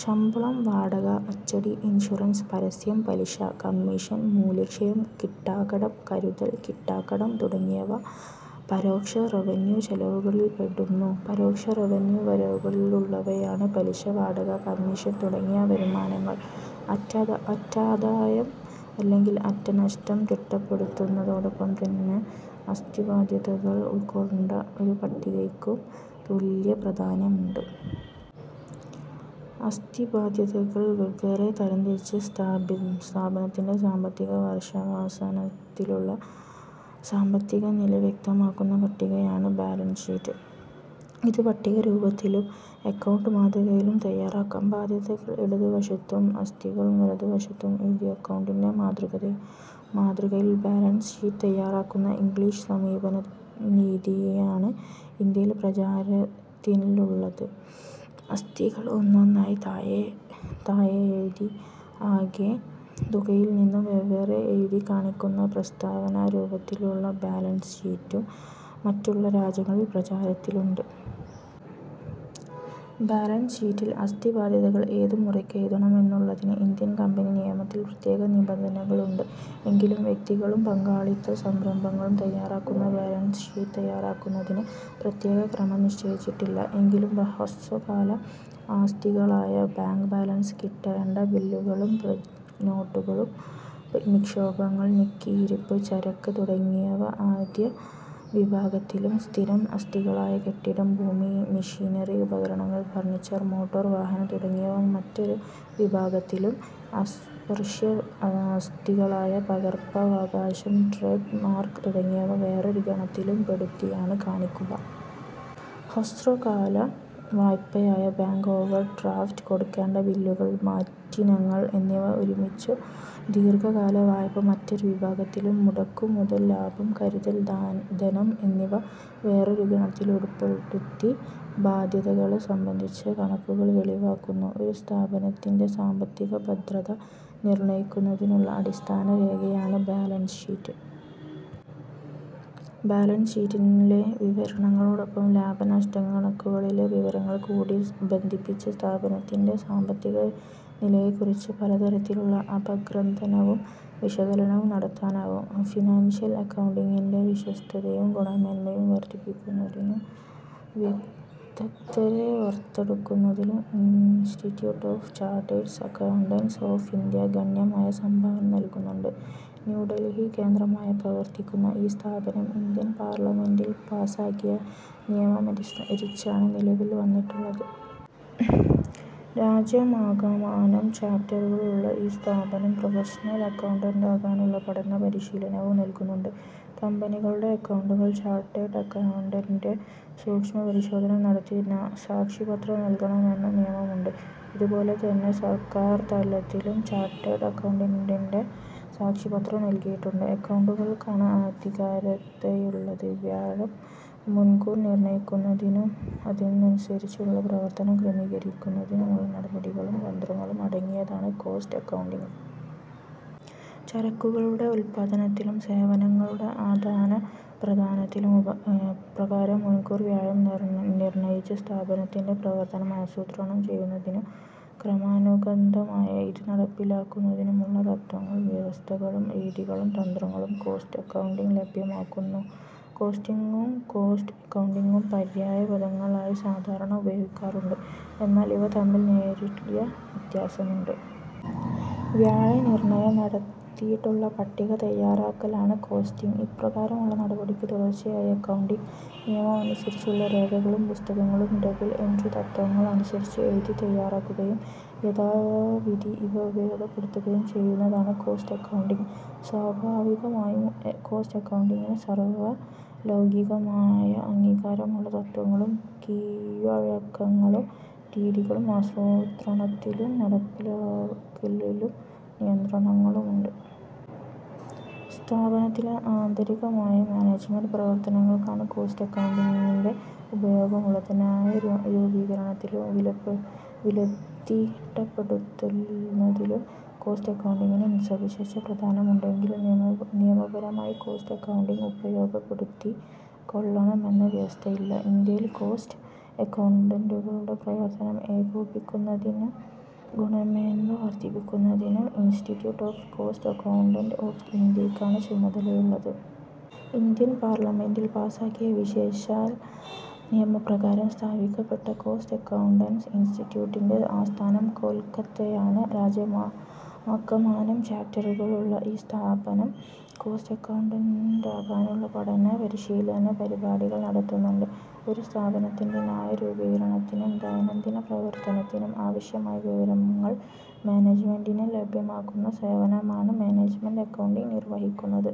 ശമ്പളം, വാടക, അച്ചടി, ഇൻഷുറൻസ്, പരസ്യം, പലിശ, കമ്മീഷൻ, മൂല്യക്ഷയം, കിട്ടാക്കടം, കരുതൽ കിട്ടാക്കടം തുടങ്ങിയവ പരോക്ഷ റവന്യൂ ചെലവുകളിൽപ്പെടുന്നു. പരോക്ഷ റവന്യൂ വരവുകളിലുള്ളവയാണ് പലിശ, വാടക, കമ്മീഷൻ തുടങ്ങിയ വരുമാനങ്ങൾ. അറ്റാദ അറ്റാദായം അല്ലെങ്കിൽ അറ്റനഷ്ടം തിട്ടപ്പെടുത്തുന്നതോടൊപ്പം തന്നെ ആസ്തിബാദ്ധ്യതകൾ ഉൾക്കൊണ്ട ഒരു പട്ടികയ്ക്കും തുല്യ പ്രധാന്യമുണ്ട്. അസ്തിബാദ്ധ്യതകൾ വെവ്വേറെ തരംതിരിച്ച് സ്ഥാപി സ്ഥാപനത്തിൻ്റെ സാമ്പത്തിക വർഷാവസാനത്തിലുള്ള സാമ്പത്തികനില വ്യക്തമാക്കുന്ന പട്ടികയാണ് ബാലൻസ് ഷീറ്റ്. ഇത് പട്ടികരൂപത്തിലും അക്കൗണ്ട് മാതൃകയിലും തയ്യാറാക്കാം. ബാദ്ധ്യതകൾ ഇടതുവശത്തും ആസ്തികൾ വലതുവശത്തും എഴുതി അക്കൗണ്ടിൻ്റെ മാതൃകയിൽ മാതൃകയിൽ ബാലൻസ് ഷീറ്റ് തയ്യാറാക്കുന്ന ഇംഗ്ലീഷ് സമീപനരീതിയാണ് ഇന്ത്യയിൽ പ്രചാരത്തിലുള്ളത്. ആസ്തികൾ ഒന്നൊന്നായി താഴെ താഴെ എഴുതി ആകെ തുകയിൽനിന്നും വെവ്വേറെ എഴുതിക്കാണിക്കുന്ന പ്രസ്താവനാരൂപത്തിലുള്ള ബാലൻസ് ഷീറ്റും മറ്റുള്ള രാജ്യങ്ങളിൽ പ്രചാരത്തിലുണ്ട്. ബാലൻസ് ഷീറ്റിൽ ആസ്തിബാദ്ധ്യതകൾ ഏത് മുറയ്ക്ക് എഴുതണമെന്നുള്ളതിന് ഇന്ത്യൻ കമ്പനി നിയമത്തിൽ പ്രത്യേക നിബന്ധനകളുണ്ട്. എങ്കിലും വ്യക്തികളും പങ്കാളിത്ത സംരംഭങ്ങളും തയ്യാറാക്കുന്ന ബാലൻസ് ഷീറ്റ് തയ്യാറാക്കുന്നതിന് പ്രത്യേക ക്രമം നിശ്ചയിച്ചിട്ടില്ല. എങ്കിലും, ഹ്രസ്വകാല ആസ്തികളായ ബാങ്ക് ബാലൻസ്, കിട്ടേണ്ട ബില്ലുകളും പ്രോനോട്ടുകളും, നിക്ഷേപങ്ങൾ, നീക്കിയിരിപ്പ് ചരക്ക് തുടങ്ങിയവ ആദ്യവിഭാഗത്തിലും സ്ഥിരം ആസ്തികളായ കെട്ടിടം, ഭൂമി, മെഷീനറി, ഉപകരണങ്ങൾ, ഫർണിച്ചർ, മോട്ടോർ വാഹനം തുടങ്ങിയവ മറ്റൊരു വിഭാഗത്തിലും അസ്പർശ്യ ആസ്തികളായ പകർപ്പവകാശം, ട്രേഡ് മാർക്ക് തുടങ്ങിയവ വേറൊരു ഗണത്തിലുംപെടുത്തിയാണ് കാണിക്കുക. ഹ്രസ്വകാല വായ്പയായ ബാങ്ക് ഓവർ ഡ്രാഫ്റ്റ്, കൊടുക്കേണ്ട ബില്ലുകൾ, മറ്റിനങ്ങൾ എന്നിവ ഒരുമിച്ചും ദീർഘകാല വായ്പ മറ്റൊരു വിഭാഗത്തിലും മുടക്കുമുതൽ, ലാഭം, കരുതൽ ദാ ധനം എന്നിവ വേറൊരു ഗണത്തിലുംപെടുത്തി ബാദ്ധ്യതകളെ സംബന്ധിച്ച കണക്കുകൾ വെളിവാക്കുന്നു. ഒരു സ്ഥാപനത്തിൻ്റെ സാമ്പത്തിക ഭദ്രത നിർണയിക്കുന്നതിനുള്ള അടിസ്ഥാനരേഖയാണ് ബാലൻസ് ഷീറ്റ്. ബാലൻസ് ഷീറ്റിലെ വിവരണങ്ങളോടൊപ്പം, ലാഭനഷ്ടക്കണക്കുകളിലെ വിവരങ്ങൾ കൂടി ബന്ധിപ്പിച്ച് സ്ഥാപനത്തിൻ്റെ സാമ്പത്തിക നിലയെക്കുറിച്ച് പലതരത്തിലുള്ള അപഗ്രഥനവും വിശകലനവും നടത്താനാവും. ഫിനാൻഷ്യൽ അക്കൗണ്ടിങ്ങിൻ്റെ വിശ്വാസ്യതയും ഗുണമേന്മയും വർദ്ധിപ്പിക്കുന്നതിനും വിദഗ്ദ്ധരെ വർത്തെടുക്കുന്നതിലും Institute of Chartered Accountants of India ഗണ്യമായ സംഭാവന നൽകുന്നുണ്ട്. ന്യൂഡൽഹി കേന്ദ്രമായി പ്രവർത്തിക്കുന്ന ഈ സ്ഥാപനം ഇന്ത്യൻ പാർലമെൻ്റിൽ പാസ്സാക്കിയ നിയമമനുസരിച്ചാണ് നിലവിൽ വന്നിട്ടുള്ളത്. രാജ്യമാകമാനം ചാപ്റ്ററുകളുള്ള ഈ സ്ഥാപനം പ്രൊഫഷണൽ അക്കൗണ്ടന്റാകാനുള്ള പഠനപരിശീലനവും നൽകുന്നുണ്ട്. കമ്പനികളുടെ അക്കൗണ്ടുകൾ ചാർട്ടേഡ് അക്കൗണ്ടൻ്റെ സൂക്ഷ്മപരിശോധന നടത്തി സാക്ഷിപത്രം നൽകണമെന്ന നിയമമുണ്ട്. ഇതുപോലെ തന്നെ സർക്കാർതലത്തിലും ചാർട്ടേഡ് അക്കൗണ്ട്ണ്ടൻ്റെ സാക്ഷിപത്രം നൽകിയിട്ടുണ്ട് അക്കൗണ്ടുകൾക്കാണ് ആധികാരികതയുള്ളത്. വ്യയം മുൻകൂർ നിർണയിക്കുന്നതിനും അതിനനുസരിച്ചുള്ള പ്രവർത്തനം ക്രമീകരിക്കുന്നതിനുമുള്ള നടപടിക്രമങ്ങളും തന്ത്രങ്ങളും അടങ്ങിയതാണ് കോസ്റ്റ് അക്കൗണ്ടിങ്. ചരക്കുകളുടെ ഉത്പാദനത്തിലും, സേവനങ്ങളുടെ ആദാനപ്രധാനത്തിലും ഉ ഇപ്രകാരം മുൻകൂർ വ്യയം നിർ നിർണയിച്ച് സ്ഥാപനത്തിൻ്റെ പ്രവർത്തനം ആസൂത്രണം ചെയ്യുന്നതിനും ക്രമാനുഗന്തമായ ഇത് നടപ്പിലാക്കുന്നതിനുമുള്ള തത്ത്വങ്ങളും വ്യവസ്ഥകളും രീതികളും തന്ത്രങ്ങളും കോസ്റ്റ് അക്കൗണ്ടിങ് ലഭ്യമാക്കുന്നു. കോസ്റ്റിങ്ങും കോസ്റ്റ് അക്കൗണ്ടിങ്ങും പര്യായപദങ്ങളായി സാധാരണ ഉപയോഗിക്കാറുണ്ട്. എന്നാൽ ഇവ തമ്മിൽ നേരിയ വ്യത്യാസമുണ്ട്. വ്യയനിർണയം നടത്തിയിട്ടുള്ള പട്ടിക തയ്യാറാക്കലാണ് കോസ്റ്റിങ്. ഇപ്രകാരമുള്ള നടപടിക്ക് തുടർച്ചയായി അക്കൗണ്ടിങ് നിയമമനുസരിച്ചുള്ള രേഖകളും പുസ്തകങ്ങളും ഡബിൾ എൻട്രി തത്ത്വങ്ങൾ അനുസരിച്ച് എഴുതി തയ്യാറാക്കുകയും യഥാവിധി ഇവ ഉപയോഗപ്പെടുത്തുകയും ചെയ്യുന്നതാണ് കോസ്റ്റ് അക്കൗണ്ടിങ്. സ്വാഭാവികമായും കോസ്റ്റ് അക്കൗണ്ടിങ്ങിന് സാർവലൗകികമായ അംഗീകാരമുള്ള തത്ത്വങ്ങളും കീഴ്വഴക്കങ്ങളും, രീതികളും ആസൂത്രണത്തിലും നടപ്പിലാക്കലിലും നിയന്ത്രണങ്ങളുമുണ്ട്. സ്ഥാപനത്തിലെ ആന്തരികമായ മാനേജ്മെൻ്റ് പ്രവർത്തനങ്ങൾക്കാണ് കോസ്റ്റ് അക്കൗണ്ടിങ്ങിൻ്റെ ഉപയോഗമുള്ളത്. നായരൂ രൂപീകരണത്തിലും വിലതിട്ടപ്പെടുത്തൽന്നലിലും കോസ്റ്റ് അക്കൗണ്ടിങ്ങിന് സവിശേഷ പ്രാധാന്യമുണ്ട്. എങ്കിലും, നിയമ നിയമപരമായി കോസ്റ്റ് അക്കൗണ്ടിങ് ഉപയോഗപ്പെടുത്തിക്കൊള്ളണമെന്ന വ്യവസ്ഥയില്ല. ഇന്ത്യയിൽ കോസ്റ്റ് അക്കൗണ്ടന്റുകളുടെ പ്രവർത്തനം ഏകോപിപ്പിക്കുന്നതിനും ഗുണമേന്മ വർദ്ധിപ്പിക്കുന്നതിനും institute of cost accountants of ഇന്ത്യയ്ക്കാണ് ചുമതലയുള്ളത്. ഇന്ത്യൻ പാർലമെൻ്റിൽ പാസ്സാക്കിയ വിശേഷാൽ നിയമപ്രകാരം സ്ഥാപിക്കപ്പെട്ട കോസ്റ്റ് അക്കൗണ്ടന്റ്സ് ഇൻസ്റ്റിറ്റ്യൂട്ടിൻ്റെ ആസ്ഥാനം കൊൽക്കത്തയാണ്. രാജ്യമാ മാകമാനം ചാപ്റ്ററുകളുള്ള ഈ സ്ഥാപനം കോസ്റ്റ് അക്കൗണ്ടന്റാകാനുള്ള പഠനപരിശീലന പരിപാടികൾ നടത്തുന്നുണ്ട്. ഒരു സ്ഥാപനത്തിൻ്റെ നായരൂപീകരണത്തിനും ദൈനംദിന പ്രവർത്തനത്തിനും ആവശ്യമായ വിവരങ്ങൾ മാനേജ്മെൻ്റിന് ലഭ്യമാക്കുന്ന സേവനമാണ് മാനേജ്മെൻ്റെ അക്കൗണ്ടിങ് നിർവഹിക്കുന്നത്.